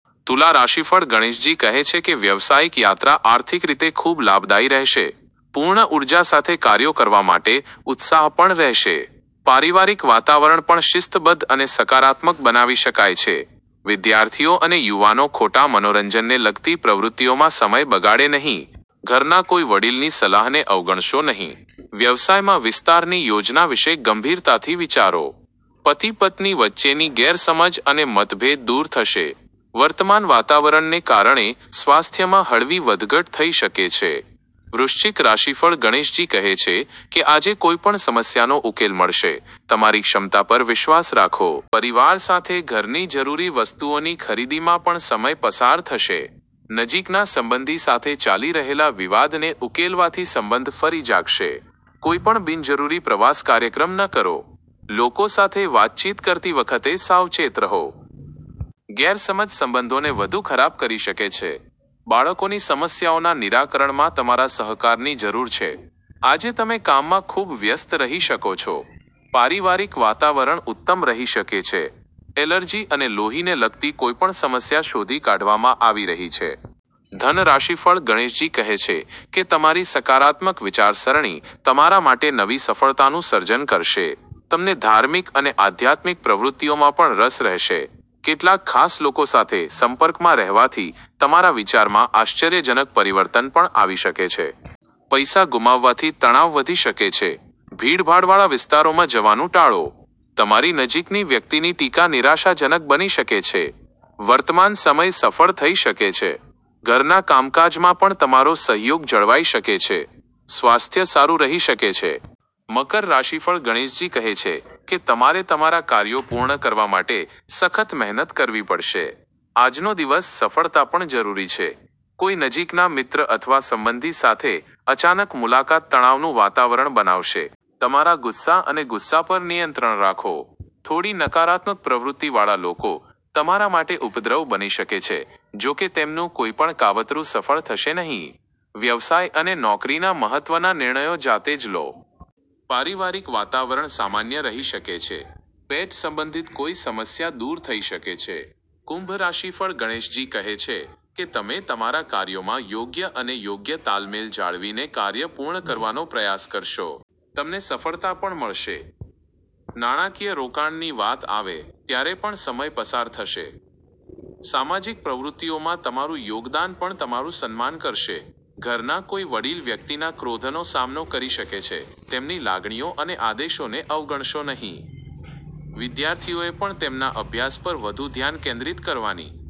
તુલા રાશિફળ ગણેશજી કહે છે કે વ્યવસાયિક યાત્રા આર્થિક રીતે ખૂબ લાભદાયી રહેશે. પૂર્ણ ઉર્જા સાથે કાર્યો કરવા માટે ઉત્સાહ પણ રહેશે. પારિવારિક વાતાવરણ પણ શિસ્તબદ્ધ અને સકારાત્મક બનાવી શકાય છે. વિદ્યાર્થીઓ અને યુવાનો ખોટા મનોરંજનને લગતી પ્રવૃત્તિઓમાં સમય બગાડે નહીં. ઘરના કોઈ વડીલની સલાહને અવગણશો નહીં. વ્યવસાયમાં વિસ્તારની યોજના વિશે ગંભીરતાથી વિચારો. પતિ-પત્ની વચ્ચેની ગેરસમજ અને મતભેદ દૂર થશે. વર્તમાન વાતાવરણને કારણે સ્વાસ્થ્યમાં હળવી વધઘટ થઈ શકે છે. વૃશ્ચિક રાશિફળ ગણેશજી કહે છે કે આજે કોઈપણ સમસ્યાનો ઉકેલ મળશે, તમારી ક્ષમતા પર વિશ્વાસ રાખો. પરિવાર સાથે ઘરની જરૂરી વસ્તુઓની ખરીદીમાં પણ સમય પસાર થશે. નજીકના સંબંધી સાથે ચાલી રહેલા વિવાદને ઉકેલવાથી સંબંધ ફરી જાગશે. કોઈપણ બિનજરૂરી પ્રવાસ કાર્યક્રમ ન કરો. લોકો સાથે વાતચીત કરતી વખતે સાવચેત રહો. ગેરસમજ સંબંધોને વધુ ખરાબ કરી શકે છે. બાળકોની સમસ્યાઓના નિરાકરણમાં તમારા સહકારની જરૂર છે. આજે તમે કામમાં ખૂબ વ્યસ્ત રહી શકો છો. પારિવારિક વાતાવરણ ઉત્તમ રહી શકે છે. એલર્જી અને લોહીને લગતી કોઈપણ સમસ્યા શોધી કાઢવામાં આવી રહી છે. ધન રાશિફળ ગણેશજી કહે છે કે તમારી સકારાત્મક વિચારસરણી તમારા માટે નવી સફળતાનું સર્જન કરશે. તમને ધાર્મિક અને આધ્યાત્મિક પ્રવૃત્તિઓમાં પણ રસ રહેશે. કેટલાક ખાસ લોકો સાથે સંપર્કમાં રહેવાથી તમારા વિચારમાં આશ્ચર્યજનક પરિવર્તન પણ આવી શકે છે. પૈસા ગુમાવવાથી તણાવ વધી શકે છે. ભીડભાડવાળા વિસ્તારોમાં જવાનું ટાળો. તમારી નજીકની વ્યક્તિની ટીકા નિરાશાજનક બની શકે છે. વર્તમાન સમય સફળ થઈ શકે છે. ઘરના કામકાજમાં પણ તમારો સહયોગ જળવાઈ શકે છે. સ્વાસ્થ્ય સારું રહી શકે છે. મકર રાશિફળ ગણેશજી કહે છે કે તમારે તમારા કાર્યો પૂર્ણ કરવા માટે સખત મહેનત કરવી પડશે. આજનો દિવસ, સફળતા પણ જરૂરી છે. કોઈ નજીકના મિત્ર અથવા સંબંધી સાથે અચાનક મુલાકાત તણાવનું વાતાવરણ બનાવશે. તમારા ગુસ્સા અને ગુસ્સા પર નિયંત્રણ રાખો. થોડી નકારાત્મક પ્રવૃત્તિવાળા લોકો તમારા માટે ઉપદ્રવ બની શકે છે, જો કે તેમનું કોઈપણ કાવતરું સફળ થશે નહીં. વ્યવસાય અને નોકરીના મહત્વના નિર્ણયો જાતે જ લો. પારિવારિક વાતાવરણ સામાન્ય રહી શકે છે. પેટ સંબંધિત કોઈ સમસ્યા દૂર થઈ શકે છે. કુંભ રાશિફળ ગણેશજી કહે છે કે તમે તમારા કાર્યોમાં યોગ્ય અને યોગ્ય તાલમેલ જાળવીને કાર્ય પૂર્ણ કરવાનો પ્રયાસ કરશો. તમને સફળતા પણ મળશે. નાણાકીય રોકાણની વાત આવે ત્યારે પણ સમય પસાર થશે. સામાજિક પ્રવૃત્તિઓમાં તમારું યોગદાન પણ તમારું સન્માન કરશે. ઘરના કોઈ વડીલ વ્યક્તિના ક્રોધનો સામનો કરી શકે છે, તેમની લાગણીઓ અને આદેશોને અવગણશો નહીં. વિદ્યાર્થીઓએ પણ તેમના અભ્યાસ પર વધુ ધ્યાન કેન્દ્રિત કરવાની